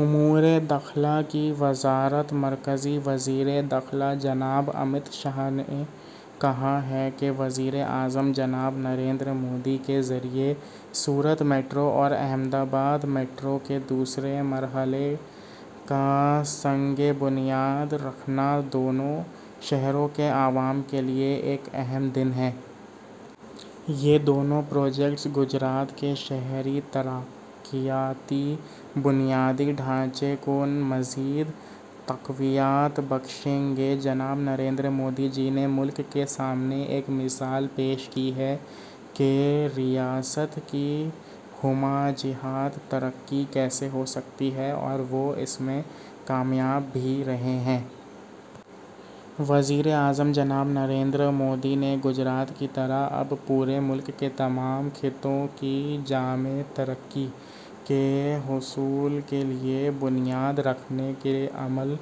امور داخلہ کی وزارت مرکزی وزیر داخلہ جناب امیت شاہ نے کہا ہے کہ وزیر اعظم جناب نریندر مودی کے ذریعہ سورت میٹرو اور احمد آباد میٹرو کے دوسرے مرحلے کا سنگِ بنیاد رکھنا دونوں شہروں کے عوام کے لیے ایک اہم دن ہے۔ یہ دونوں پروجیکٹ گجرات کے شہری ترقیاتی بنیادی ڈھانچے کو مزید تقویت بخشیں گے۔ جناب نریندر مودی جی نے ملک کے سامنے ایک مثال پیش کی ہے کہ ریاست کی ہمہ جہت ترقی کیسے ہو سکتی ہے اور وہ اس میں کامیاب بھی رہے ہیں۔ وزیر اعظم جناب نریندر مودی نے گجرات کی طرح اب پورے ملک کے تمام خطوں کی جامع ترقی کے حصول کے لیے بنیاد رکھنے کا عمل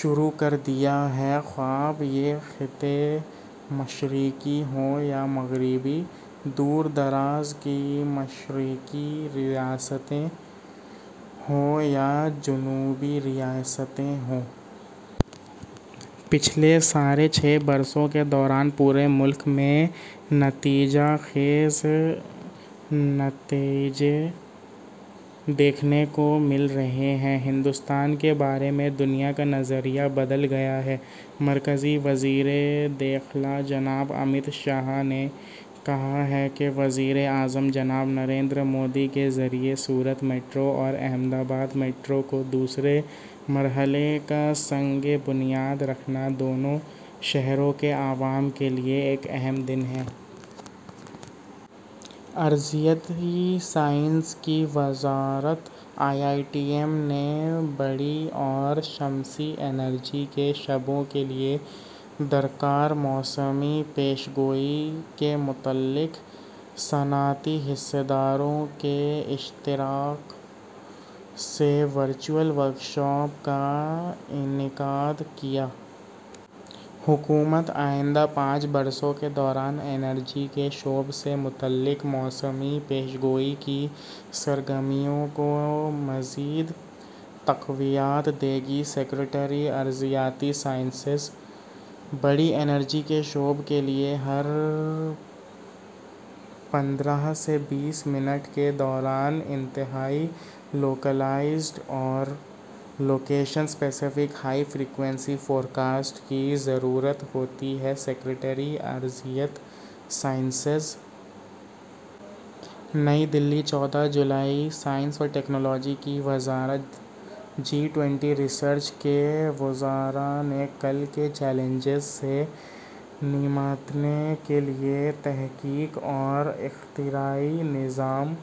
شروع کر دیا ہے، خواہ یہ خطے مشرقی ہوں یا مغربی، دور دراز کی مشرقی ریاستیں ہوں یا جنوبی ریاستیں ہوں۔ پچھلے ساڑھے چھ برسوں کے دوران پورے ملک میں نتیجہ خیز نتائج دیکھنے کو مل رہے ہیں، ہندوستان کے بارے میں دنیا کا نظریہ بدل گیا ہے۔ مرکزی وزیر داخلہ جناب امیت شاہ نے کہا ہے کہ وزیر اعظم جناب نریندر مودی کے ذریعہ سورت میٹرو اور احمد آباد میٹرو کے دوسرے مرحلے کا سنگِ بنیاد رکھنا دونوں شہروں کے عوام کے لیے ایک اہم دن ہے۔ ارضیاتی سائنس کی وزارت آئی آئی ٹی ایم نے بادی اور شمسی توانائی کے شعبوں کے لیے درکار موسمیاتی پیش گوئی کے متعلق صنعتی حصص داروں کے اشتراک سے ورچوئل ورکشاپ کا انعقاد کیا۔ حکومت آئندہ پانچ برسوں کے دوران توانائی کے شعبے سے متعلق موسمیاتی پیش گوئی کی سرگرمیوں کو مزید تقویت دے گی: سکریٹری ارضیاتی سائنسز۔ بادی توانائی کے شعبے کے لیے ہر پندرہ سے بیس منٹ کے دوران انتہائی لوکلائزڈ اور location specific high frequency forecast کی ضرورت ہوتی ہے: سکریٹری ارضیاتی سائنسز۔ نئی دہلی، چودہ جولائی۔ سائنس اور ٹیکنالوجی کی وزارت جی ٹوئنٹی ریسرچ کے وزراء نے کل کے چیلنجوں سے نمٹنے کے لیے تحقیق اور اختراعی نظام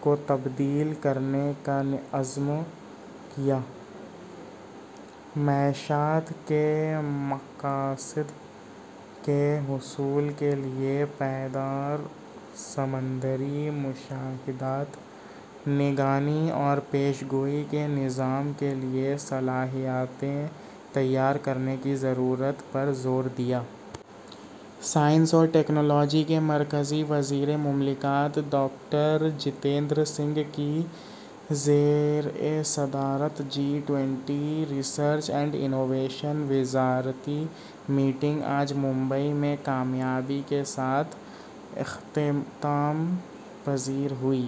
کو تبدیل کرنے کا عزم کیا۔ جی ٹوئنٹی کے تحقیقی وزراء نے پائیدار نیلی معیشت کے مقاصد کے حصول کے لیے پائیدار سمندری مشاہدات، نگرانی اور پیشن گوئی کے نظام کے لیے صلاحیتوں کو تیار کرنے کی ضرورت پر زور دیا۔ سائنس اور ٹیکنالوجی کے مرکزی وزیر مملکت ڈاکٹر جتیندر سنگھ کی زیر صدارت G twenty research and innovation وزارتی میٹنگ آج ممبئی میں کامیابی کے ساتھ اختتام پذیر ہوئی۔